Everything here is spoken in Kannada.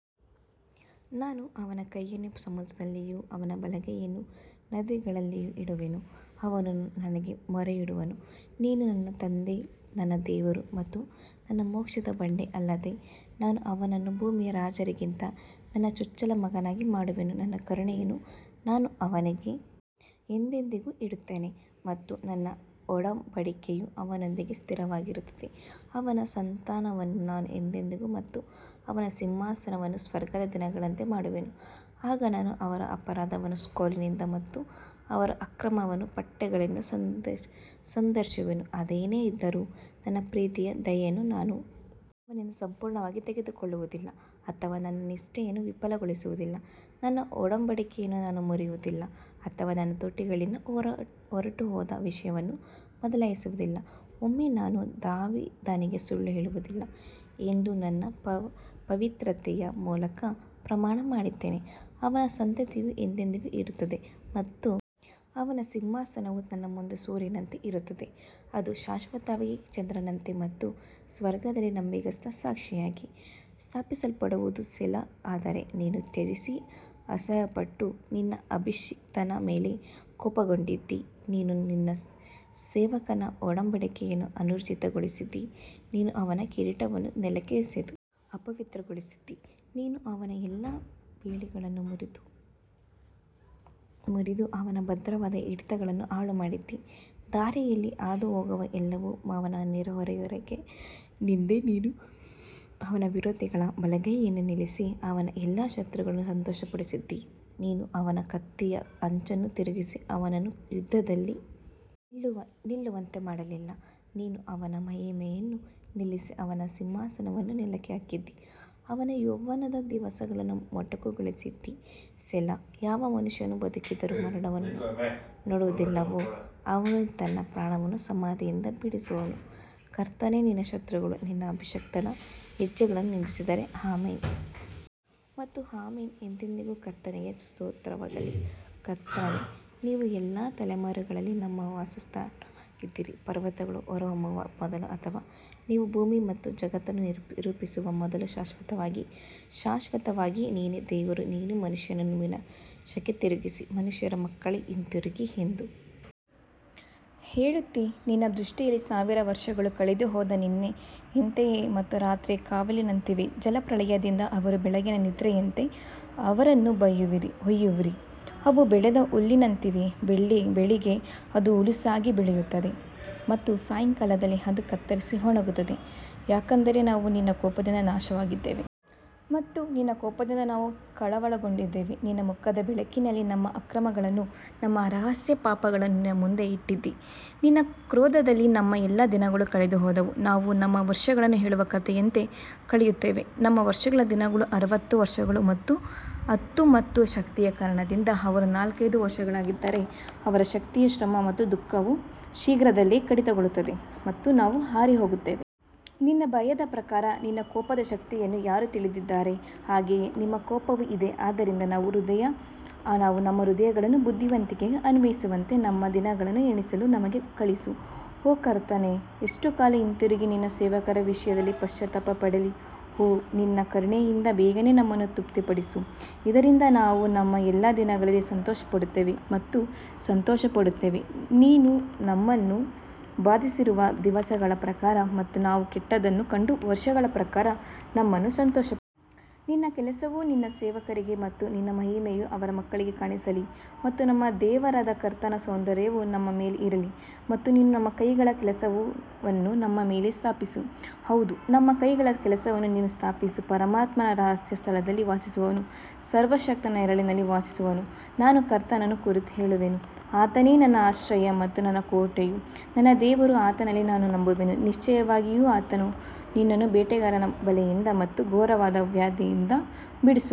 ನಾನು ಅವನ ಕೈಯನ್ನು ಸಮುದ್ರದಲ್ಲಿಯೂ ಅವನ ಬಲಗೈಯನ್ನು ನದಿಗಳಲ್ಲಿಯೂ ಇಡುವೆನು ಅವನು ನನಗೆ ಮೊರೆಯಿಡುವನು, ನೀನು ನನ್ನ ತಂದೆ ನನ್ನ ದೇವರು ಮತ್ತು ನನ್ನ ಮೋಕ್ಷದ ಬಂಡೆ ಅಲ್ಲದೆ ನಾನು ಅವನನ್ನು ಭೂಮಿಯ ರಾಜರಿಗಿಂತ ನನ್ನ ಚೊಚ್ಚಲ ಮಗನಾಗಿ ಮಾಡುವೆನು ನನ್ನ ಕರುಣೆಯನ್ನು ನಾನು ಅವನಿಗೆ ಎಂದೆಂದಿಗೂ ಇಡುತ್ತೇನೆ ಮತ್ತು ನನ್ನ ಒಡಂಬಡಿಕೆಯು ಅವನೊಂದಿಗೆ ಸ್ಥಿರವಾಗಿರುತ್ತದೆ ಅವನ ಸಂತಾನವನ್ನು ನಾನು ಎಂದೆಂದಿಗೂ ಮತ್ತು ಅವನ ಸಿಂಹಾಸನವನ್ನು ಸ್ವರ್ಗದ ದಿನಗಳಂತೆ ಮಾಡುವೆನು ಆಗ ನಾನು ಅವರ ಅಪರಾಧವನ್ನು ಕೋಲಿನಿಂದ ಮತ್ತು ಅವರ ಅಕ್ರಮವನ್ನು ಪಟ್ಟೆಗಳಿಂದ ಸಂದರ್ಶಿಸುವೆನು ಅದೇನೇ ಇದ್ದರೂ, ನನ್ನ ಪ್ರೀತಿಯ ದಯೆಯನ್ನು ನಾನು ಅವನಿಂದ ಸಂಪೂರ್ಣವಾಗಿ ತೆಗೆದುಕೊಳ್ಳುವುದಿಲ್ಲ ಅಥವಾ ನನ್ನ ನಿಷ್ಠೆಯನ್ನು ವಿಫಲಗೊಳಿಸುವುದಿಲ್ಲ ನನ್ನ ಒಡಂಬಡಿಕೆಯನ್ನು ನಾನು ಮುರಿಯುವುದಿಲ್ಲ ಅಥವಾ ನನ್ನ ತುಟಿಗಳಿಂದ ಹೊರಟುಹೋದ ವಿಷಯವನ್ನು ಬದಲಾಯಿಸುವುದಿಲ್ಲ ಒಮ್ಮೆ ನಾನು ದಾವೀದನಿಗೆ ಸುಳ್ಳು ಹೇಳುವುದಿಲ್ಲ ಎಂದು ನನ್ನ ಪವಿತ್ರತೆಯ ಮೂಲಕ ಪ್ರಮಾಣ ಮಾಡಿದ್ದೇನೆ ಅವನ ಸಂತತಿಯು ಎಂದೆಂದಿಗೂ ಇರುತ್ತದೆ ಮತ್ತು ಅವನ ಸಿಂಹಾಸನವು ನನ್ನ ಮುಂದೆ ಸೂರ್ಯನಂತೆ ಇರುತ್ತದೆ ಅದು ಶಾಶ್ವತವಾಗಿ ಚಂದ್ರನಂತೆ ಮತ್ತು ಸ್ವರ್ಗದಲ್ಲಿ ನಂಬಿಗಸ್ತ ಸಾಕ್ಷಿಯಾಗಿ ಸ್ಥಾಪಿಸಲ್ಪಡುವುದು ಸೆಲಾ ಆದರೆ ನೀನು ತ್ಯಜಿಸಿ ಅಸಹ್ಯಪಟ್ಟು ನಿನ್ನ ಅಭಿಷಿಕ್ತನ ಮೇಲೆ ಕೋಪಗೊಂಡಿದ್ದೀ ನೀನು ನಿನ್ನ ಸೇವಕನ ಒಡಂಬಡಿಕೆಯನ್ನು ಅನೂರ್ಜಿತಗೊಳಿಸಿದ್ದೀ, ನೀನು ಅವನ ಕಿರೀಟವನ್ನು ನೆಲಕ್ಕೆ ಎಸೆದು ಅಪವಿತ್ರಗೊಳಿಸಿದ್ದೀ ನೀನು ಅವನ ಎಲ್ಲಾ ಬೇಲಿಗಳನ್ನು ಮುರಿದು ಅವನ ಭದ್ರವಾದ ಹಿಡಿತಗಳನ್ನು ಹಾಳುಮಾಡಿದ್ದೀ ದಾರಿಯಲ್ಲಿ ಹಾದು ಹೋಗುವ ಎಲ್ಲವೂ ಅವನ ನೆರೆಹೊರೆಯವರಿಗೆ ನಿಂದೆ ನೀನು ಅವನ ವಿರೋಧಿಗಳ ಬಲಗೈಯನ್ನು ನಿಲ್ಲಿಸಿ ಅವನ ಎಲ್ಲಾ ಶತ್ರುಗಳನ್ನು ಸಂತೋಷಪಡಿಸಿದ್ದೀ ನೀನು ಅವನ ಕತ್ತಿಯ ಅಂಚನ್ನು ತಿರುಗಿಸಿ ಅವನನ್ನು ಯುದ್ಧದಲ್ಲಿ ನಿಲ್ಲುವಂತೆ ಮಾಡಲಿಲ್ಲ ನೀನು ಅವನ ಮಹಿಮೆಯನ್ನು ನಿಲ್ಲಿಸಿ ಅವನ ಸಿಂಹಾಸನವನ್ನು ನೆಲಕ್ಕೆ ಹಾಕಿದ್ದೀ ಅವನ ಯೌವನದ ದಿವಸಗಳನ್ನು ಮೊಟಕುಗೊಳಿಸಿದ್ದೀ ಸೆಲಾ ಯಾವ ಮನುಷ್ಯನು ಬದುಕಿದ್ದರೂ ಮರಣವನ್ನು ನೋಡುವುದಿಲ್ಲವೋ ಅವನು ತನ್ನ ಪ್ರಾಣವನ್ನು ಸಮಾಧಿಯಿಂದ ಬಿಡಿಸುವನು ಕರ್ತನೇ ನಿನ್ನ ಶತ್ರುಗಳು ನಿನ್ನ ಅಭಿಷಕ್ತನ ಹೆಜ್ಜೆಗಳನ್ನು ನಿಂದಿಸಿದ್ದಾರೆ ಆಮೆನ್ ಮತ್ತು ಆಮೆನ್ ಎಂದೆಂದಿಗೂ ಕರ್ತನಿಗೆ ಸ್ತೋತ್ರವಾಗಲಿ ಕರ್ತನೇ, ನೀವು ಎಲ್ಲಾ ತಲೆಮಾರುಗಳಲ್ಲಿ ನಮ್ಮ ವಾಸಸ್ಥಾನವಾಗಿದ್ದೀರಿ ಪರ್ವತಗಳು ಹೊರಹೊಮ್ಮುವ ಮೊದಲು ಅಥವಾ ನೀವು ಭೂಮಿ ಮತ್ತು ಜಗತ್ತನ್ನು ರೂಪಿಸುವ ಮೊದಲು ಶಾಶ್ವತವಾಗಿ ಶಾಶ್ವತವಾಗಿ ನೀನೇ ದೇವರು ನೀನು ಮನುಷ್ಯನನ್ನು ವಿನಾಶಕ್ಕೆ ತಿರುಗಿಸಿ ಮನುಷ್ಯರ ಮಕ್ಕಳೇ ಹಿಂತಿರುಗಿ ಎಂದು ಹೇಳುತ್ತೀ ನಿನ್ನ ದೃಷ್ಟಿಯಲ್ಲಿ ಸಾವಿರ ವರ್ಷಗಳು ಕಳೆದುಹೋದ ನಿನ್ನೆಯಂತೆಯೇ ಮತ್ತು ರಾತ್ರಿಯ ಕಾವಲಿನಂತಿವೆ ಜಲಪ್ರಳಯದಿಂದ ಅವರು ಬೆಳಗಿನ ನಿದ್ರೆಯಂತೆ ಅವರನ್ನು ಒಯ್ಯುವಿರಿ, ಅವು ಬೆಳೆದ ಹುಲ್ಲಿನಂತಿವೆ ಬೆಳಿಗ್ಗೆ ಅದು ಹುಲುಸಾಗಿ ಬೆಳೆಯುತ್ತದೆ ಮತ್ತು ಸಾಯಂಕಾಲದಲ್ಲಿ ಅದು ಕತ್ತರಿಸಿ ಒಣಗುತ್ತದೆ ಯಾಕಂದರೆ ನಾವು ನಿನ್ನ ಕೋಪದಿಂದ ನಾಶವಾಗಿದ್ದೇವೆ ಮತ್ತು ನಿನ್ನ ಕೋಪದಿಂದ ನಾವು ಕಳವಳಗೊಂಡಿದ್ದೇವೆ ನಿನ್ನ ಮುಖದ ಬೆಳಕಿನಲ್ಲಿ ನಮ್ಮ ಅಕ್ರಮಗಳನ್ನು ನಮ್ಮ ರಹಸ್ಯ ಪಾಪಗಳನ್ನು ನಿನ್ನ ಮುಂದೆ ಇಟ್ಟಿದ್ದೀ ನಿನ್ನ ಕ್ರೋಧದಲ್ಲಿ ನಮ್ಮ ಎಲ್ಲಾ ದಿನಗಳು ಕಳೆದುಹೋದವು, ನಾವು ನಮ್ಮ ವರ್ಷಗಳನ್ನು ಹೇಳುವ ಕಥೆಯಂತೆ ಕಳೆಯುತ್ತೇವೆ ನಮ್ಮ ವರ್ಷಗಳ ದಿನಗಳು ಅರವತ್ತು ವರ್ಷಗಳು ಮತ್ತು ಹತ್ತು ಮತ್ತು ಶಕ್ತಿಯ ಕಾರಣದಿಂದ ಅವರು ನಾಲ್ಕೈದು ವರ್ಷಗಳಾಗಿದ್ದರೆ ಅವರ ಶಕ್ತಿಯ ಶ್ರಮ ಮತ್ತು ದುಃಖವು ಶೀಘ್ರದಲ್ಲೇ ಕಡಿತಗೊಳ್ಳುತ್ತದೆ ಮತ್ತು ನಾವು ಹಾರಿಹೋಗುತ್ತೇವೆ. ನಿನ್ನ ಭಯದ ಪ್ರಕಾರ ನಿನ್ನ ಕೋಪದ ಶಕ್ತಿಯನ್ನು ಯಾರು ತಿಳಿದಿದ್ದಾರೆ, ಹಾಗೆಯೇ ನಿಮ್ಮ ಕೋಪವೂ ಇದೆ ಆದ್ದರಿಂದ ನಾವು ನಮ್ಮ ಹೃದಯಗಳನ್ನು ಬುದ್ಧಿವಂತಿಕೆಗೆ ಅನ್ವಯಿಸುವಂತೆ ನಮ್ಮ ದಿನಗಳನ್ನು ಎಣಿಸಲು ನಮಗೆ ಕಲಿಸು ಓ ಕರ್ತನೇ ಎಷ್ಟು ಕಾಲ ಹಿಂತಿರುಗಿ ನಿನ್ನ ಸೇವಕರ ವಿಷಯದಲ್ಲಿ ಪಶ್ಚಾತ್ತಾಪ ಪಡಲಿ ಓ ನಿನ್ನ ಕರುಣೆಯಿಂದ ಬೇಗನೆ ನಮ್ಮನ್ನು ತೃಪ್ತಿಪಡಿಸು, ಇದರಿಂದ ನಾವು ನಮ್ಮ ಎಲ್ಲಾ ದಿನಗಳಲ್ಲಿ ಸಂತೋಷಪಡುತ್ತೇವೆ ಮತ್ತು ಸಂತೋಷಪಡುತ್ತೇವೆ ನೀನು ನಮ್ಮನ್ನು ಬಾಧಿಸಿರುವ ದಿವಸಗಳ ಪ್ರಕಾರ ಮತ್ತು ನಾವು ಕೆಟ್ಟದ್ದನ್ನು ಕಂಡ ವರುಷಗಳ ಪ್ರಕಾರ ನಮ್ಮನ್ನು ಸಂತೋಷಪಡಿಸು. ನಿನ್ನ ಕೆಲಸವು ನಿನ್ನ ಸೇವಕರಿಗೆ ಮತ್ತು ನಿನ್ನ ಮಹಿಮೆಯು ಅವರ ಮಕ್ಕಳಿಗೆ ಕಾಣಿಸಲಿ ಮತ್ತು ನಮ್ಮ ದೇವರಾದ ಕರ್ತನ ಸೌಂದರ್ಯವು ನಮ್ಮ ಮೇಲೆ ಇರಲಿ ಮತ್ತು ನೀನು ನಮ್ಮ ಕೈಗಳ ಕೆಲಸವನ್ನು ನಮ್ಮ ಮೇಲೆ ಸ್ಥಾಪಿಸು, ಹೌದು ನಮ್ಮ ಕೈಗಳ ಕೆಲಸವನ್ನು ನೀನು ಸ್ಥಾಪಿಸು ಪರಮಾತ್ಮನ ರಹಸ್ಯ ಸ್ಥಳದಲ್ಲಿ ವಾಸಿಸುವವನು ಸರ್ವಶಕ್ತನ ನೆರಳಿನಲ್ಲಿ ವಾಸಿಸುವನು ನಾನು ಕರ್ತನನ್ನು ಕುರಿತು ಹೇಳುವೆನು ಆತನೇ ನನ್ನ ಆಶ್ರಯ ಮತ್ತು ನನ್ನ ಕೋಟೆಯು ನನ್ನ ದೇವರು ಆತನಲ್ಲಿ ನಾನು ನಂಬುವೆನು ನಿಶ್ಚಯವಾಗಿಯೂ ಆತನು ನಿನ್ನನ್ನು ಬೇಟೆಗಾರನ ಬಲೆಯಿಂದ ಮತ್ತು ಘೋರವಾದ ವ್ಯಾಧಿಯಿಂದ ಬಿಡಿಸುವನು.